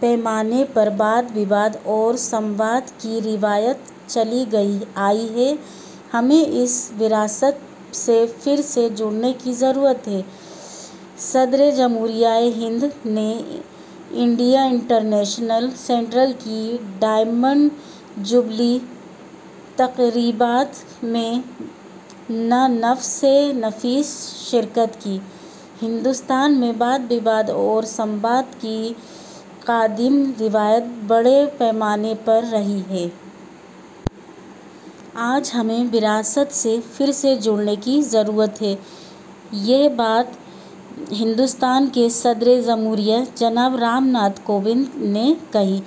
پیمانے پر '' واد وواد'' اور ''سمواد'' کی روایت چلی آئی ہے، ہمیں اس وراثت سے پھر سے جڑنے کی ضرورت ہے صدر جمہوریہ ہند نے انڈیا انٹرنیشنل سنٹر کی ڈائمنڈ جبلی تقریبات میں بہ نفس نفیس شرکت کی ہندوستان میں واد وواد اور سمواد کی قدیم روایت بڑے پیمانے پر رہی ہے۔ آج ہمیں اس وراثت سے پھر سے جڑنے کی ضرورت ہے۔ یہ بات ہندوستان کے صدر جمہوریہ جناب رامناتھ کووند نے کہی۔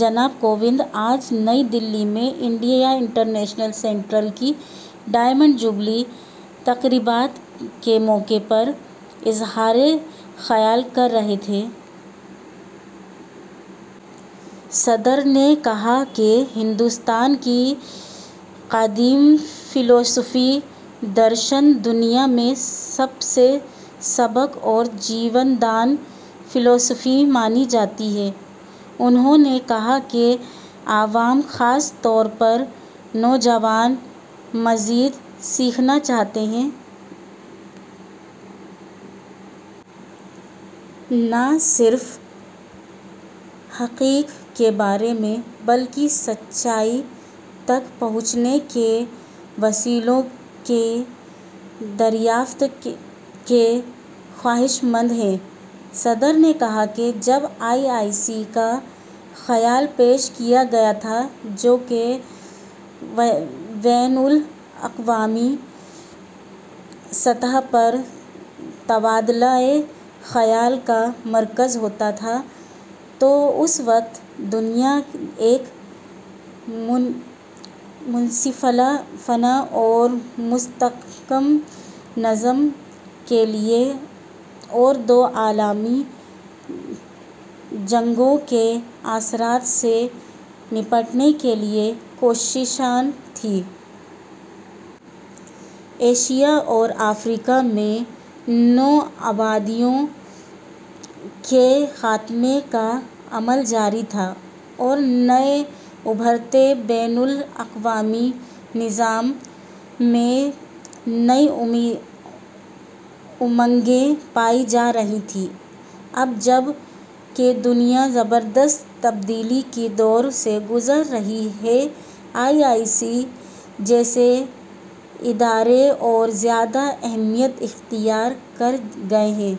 جناب کووند آج نئی دلی میں انڈیا انٹر نیشنل سنٹر کی ڈائمنڈ جبلی تقریبات کے موقع پر اظہار خیال کر رہے تھے۔ صدر نے کہا کہ ہندوستان کی قدیم فلاسفی '' درشن'' دنیا میں سب سے سبک اور جاوداں فلاسفی مانی جاتی ہے۔ انہوں نے کہا کہ عوام ، خاص طور پر نوجوان اور زیادہ سیکھنا چاہتے ہیں۔ نہ صرف حقائق کے بارے میں بلکہ سچائی تک پہنچنے کے وسیلوں کی دریافت خواہشمند ہیں۔ صدر نے کہا کہ میں جب آئی آئی سی کا خیال پیش کیا گیا تھا، جو کہ بین الاقوامی سطح پر تبادلۂ خیال کا مرکز ہوتا تھا، تو اس وقت دنیا ایک منصفانہ اور مستحکم نظم کے لئے اور دو عالمی جنگوں کے اثرات سے نمٹنے کے لئے کوشاں تھی۔ ایشا اور افریقہ میں نو آبادیات کے خاتمے کا عمل جاری تھا اور نئے ابھرتے بین الاقوامی نظام میں نئی امنگیں پائی جا رہی تھیں۔ اب جب کہ دنیا زبردست تبدیلی کے دور سے گزر رہی ہے، آئی آئی سی جیسے ادارے اور زیادہ اہمیت اختیار کر گئے ہیں۔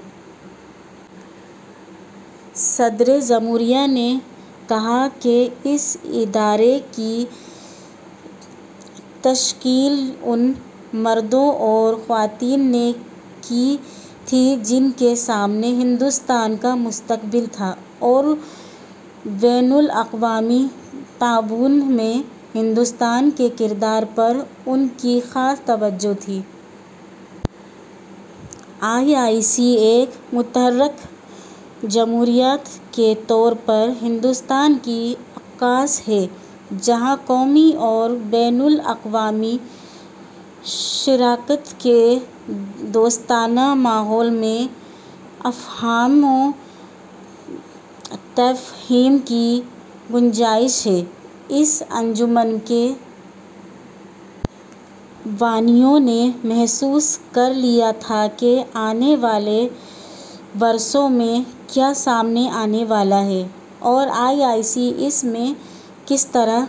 صدر جمہوریہ نے کہا کہ اس ادارے کی تشکیل ان مرد و خواتین نے کی تھی، جن کے سامنے ہندوستان کا مستقبل تھا اور بین الاقوامی تعاون میں ہندوستان کے رول پر ان کی خاص توجہ تھی۔ آئی آئی سی ایک متحرک جمہوریت کے طور پر ہندوستان کی عکاس ہے ، جہاں قومی اور بین الاقوامی شراکت سے دوستانہ ماحول میں افہام و تفہیم کی گنجائش ہے۔ اس انجمن کے بانیوں نے محسوس کر لیا تھا کہ آنے والے برسوں میں کیا سامنے آنے والا ہے اور آئی آئی سی اس میں کس طرح